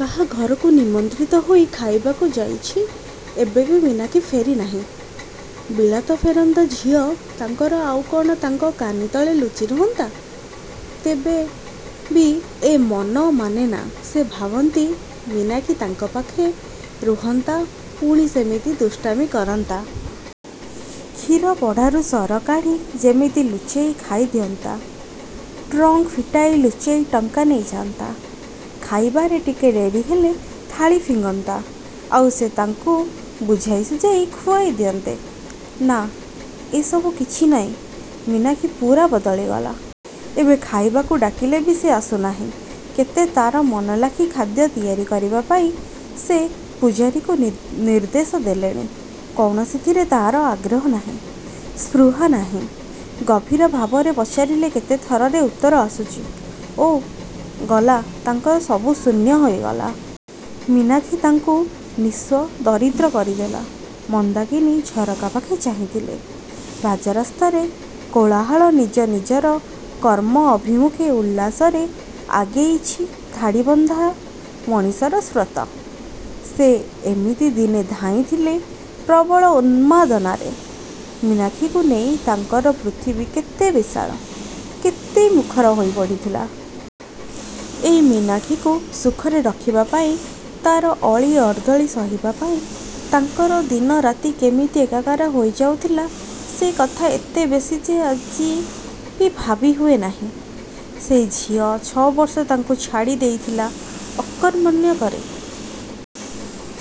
କାହା ଘରକୁ ନିମନ୍ତ୍ରିତ ହୋଇ ଖାଇବାକୁ ଯାଇଚି ଏବେ ବି ମୀନାକ୍ଷୀ ଫେରି ନାହିଁ। ବିଳାତଫେରନ୍ତା ଝିଅ ତାଙ୍କର ଆଉ କଣ ତାଙ୍କ କାନି ତଳେ ଲୁଚି ରହନ୍ତା? ତେବେ ବି ଏ ମନ ମାନେନା ସେ ଭାବନ୍ତି, ମୀନାକ୍ଷୀ ତାଙ୍କ ପାଖେ ରୁହନ୍ତା ପୁଣି ସେମିତି ଦୁଷ୍ଟାମି କରନ୍ତା। କ୍ଷୀରବଢ଼ାରୁ ସର କାଢ଼ି ସେମିତି ଲୁଚେଇ ଖାଇଦିଅନ୍ତା, ଟ୍ରଙ୍କ ଫିଟାଇ ଲୁଚେଇ ଟଙ୍କା ନେଇଯାଆନ୍ତା, ଖାଇବାରେ ଟିକେ ଡେରି ହେଲେ ଥାଳି ଫିଙ୍ଗନ୍ତା, ଆଉ ସେ ତାକୁ ବୁଝାଇଶୁଝାଇ ଖୁଆଇ ଦିଅନ୍ତେ । ନାଃ, ଏ ସବୁ କିଛି ନାହିଁ ମୀନାକ୍ଷୀ ପୂରା ବଦଳିଗଲା । ଏବେ ଖାଇବାକୁ ଡାକିଲେ ବି ସେ ଆସୁ ନାହିଁ। କେତେ ତାର ମନଲାଖି ଖାଦ୍ୟ ତିଆରି କରିବାପାଇଁ ସେ ପୁଝାରୀକୁ ନି ନିର୍ଦ୍ଦେଶ ଦେଲେଣି। କୌଣସିଥିରେ ତାର ଆଗ୍ରହ ନାହିଁ, ସ୍ପୃହା ନାହିଁ। ଗମ୍ଭୀର ଭାବରେ ପଚାରିଲେ କେତେ ଥରରେ ଉତ୍ତର ଆସୁଚି, ଓଃ ଗଲା ତାଙ୍କର ସବୁ ଶୂନ୍ୟ ହୋଇଗଲା। ମୀନାକ୍ଷୀ ତାଙ୍କୁ ନିଃସ୍ୱ, ଦରିଦ୍ର କରିଦେଲା । ମନ୍ଦାକିନୀ ଝରକାପାଖେ ଚାହିଁଥିଲେ, ରାଜରାସ୍ତାରେ କୋଳାହଳ ନିଜ ନିଜର କର୍ମ ଅଭିମୁଖେ ଉଲ୍ଲାସରେ ଆଗେଇଚି ଧାଡ଼ିବନ୍ଧା ମଣିଷର ସ୍ରୋତ। ସେ ଏମିତି ଦିନେ ଧାଇଁଥିଲେ ପ୍ରବଳ ଉନ୍ମାଦନାରେ। ମୀନାକ୍ଷୀକୁ ନେଇ ତାଙ୍କର ପୃଥିବୀ କେତେ ବିଶାଳ, କେତେ ମୁଖର ହୋଇପଡ଼ିଥିଲା? ଏଇ ମୀନାକ୍ଷୀକୁ ସୁଖରେ ରଖିବାପାଇଁ, ତାର ଅଳି ଅର୍ଦ୍ଦଳି ସହିବାପାଇଁ, ତାଙ୍କର ଦିନରାତି କେମିତି ଏକାକାର ହୋଇ ଯାଉଥିଲା ସେ କଥା ଏତେ ବେଶୀ ଯେ ଆଜି ବି ଭାବି ହୁଏ ନାହିଁ। ସେଇ ଝିଅ ଛ ବର୍ଷ ତାଙ୍କୁ ଛାଡ଼ି ଦେଇଗଲା ଅକର୍ମଣ୍ୟ କରି।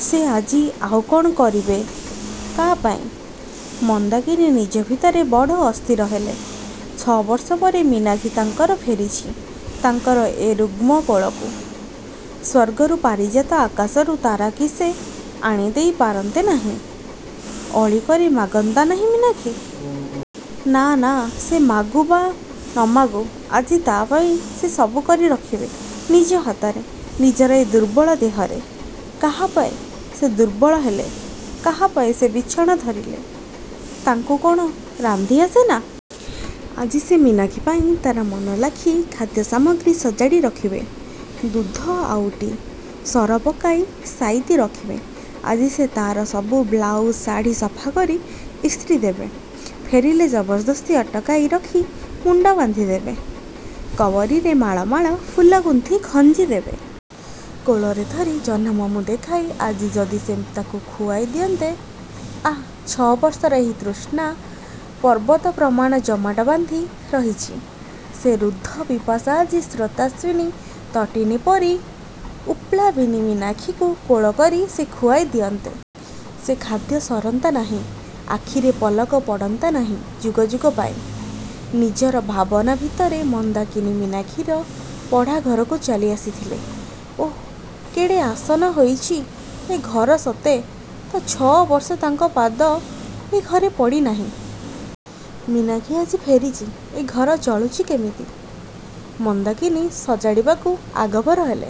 ସେ ଆଜି ଆଉ କଣ କରିବେ କା ପାଇଁ? ମନ୍ଦାକିନୀ ନିଜ ଭିତରେ ବଡ଼ ଅସ୍ଥିର ହେଲେ। ଛ ବର୍ଷ ପରେ ମୀନାକ୍ଷୀ ତାଙ୍କର ଫେରିଚି, ତାଙ୍କର ଏ ରୁଗ୍ଣ କୋଳକୁ। ସ୍ୱର୍ଗରୁ ପାରିଜାତ ଆକାଶରୁ ତାରା କି ସେ ଆଣିଦେଇ ପାରନ୍ତେ ନାହିଁ? ଅଳି କରି ମାଗନ୍ତା ନାହିଁ ମୀନାକ୍ଷୀ? ନା ନା ସେ ମାଗୁ ବା ନ ମାଗୁ ଆଜି ତା ପାଇଁ ସେ ସବୁ କରି ରଖିବେ ନିଜ ହାତରେ, ନିଜର ଏଇ ଦୁର୍ବଳ ଦେହରେ। କାହାପାଇଁ ସେ ଦୁର୍ବଳ ହେଲେ? କାହାପାଇଁ ସେ ବିଛଣା ଧରିଲେ? ତାଙ୍କୁ କଣ ରାନ୍ଧି ଆସେ ନା? ଆଜି ସେ ମୀନାକ୍ଷୀପାଇଁ ତାର ମନଲାଖି ଖାଦ୍ୟସାମଗ୍ରୀ ସଜାଡ଼ି ରଖିବେ। ଦୁଧ ଆଉଟି, ସର ପକାଇ ସାଇତି ରଖିବେ। ଆଜି ସେ ତାର ସବୁ ବ୍ଲାଉଜ୍, ଶାଢ଼ି ସଫା କରି ଇସ୍ତ୍ରୀ ଦେବେ। ଫେରିଲେ ଜବରଦସ୍ତି ଅଟକାଇ ରଖି ମୁଣ୍ଡ ବାନ୍ଧି ଦେବେ। କବରୀରେ ମାଳ ମାଳ ଫୁଲ ଗୁନ୍ଥି ଖଞ୍ଜି ଦେବେ। କୋଳରେ ଧରି ଜହ୍ନମାମୁଁ ଦେଖାଇ ଆଜି ଯଦି ସେ ତାକୁ ଖୁଆଇ ଦିଅନ୍ତେ ଆଃ ଛ ବର୍ଷର ଏହି ତୃଷ୍ଣା ପର୍ବତପ୍ରମାଣ ଜମାଟ ବାନ୍ଧି ରହିଚି। ସେ ରୁଦ୍ଧ ପିପାସା ଆଜି ସ୍ରୋତସ୍ୱିନୀ ତଟିନୀ ପରି ଉତ୍ପ୍ଲାବିନୀ ମୀନାକ୍ଷୀକୁ କୋଳକରି ସେ ଖୁଆଇ ଦିଅନ୍ତେ । ସେ ଖାଦ୍ୟ ସରନ୍ତା ନାହିଁ, ଆଖିରେ ପଲକ ପଡ଼ନ୍ତା ନାହିଁ ଯୁଗ ଯୁଗ ପାଇଁ। ନିଜର ଭାବନାଭିତରେ ମନ୍ଦାକିନୀ ମୀନାକ୍ଷୀର ପଢ଼ା ଘରକୁ ଚାଲିଆସିଥିଲେ। ଓଃ, କେଡ଼େ ଆସନ ହେଇଚି ଏ ଘର ସତେ ତ ଛ ବର୍ଷ ତାଙ୍କ ପାଦ ଏ ଘରେ ପଡ଼ି ନାହିଁ । ମୀନାକ୍ଷୀ ଆଜି ଫେରିଚି, ଏ ଘର ଚଳୁଚି କେମିତି? ମନ୍ଦାକିନୀ ସଜାଡ଼ିବାକୁ ଆଗଭର ହେଲେ।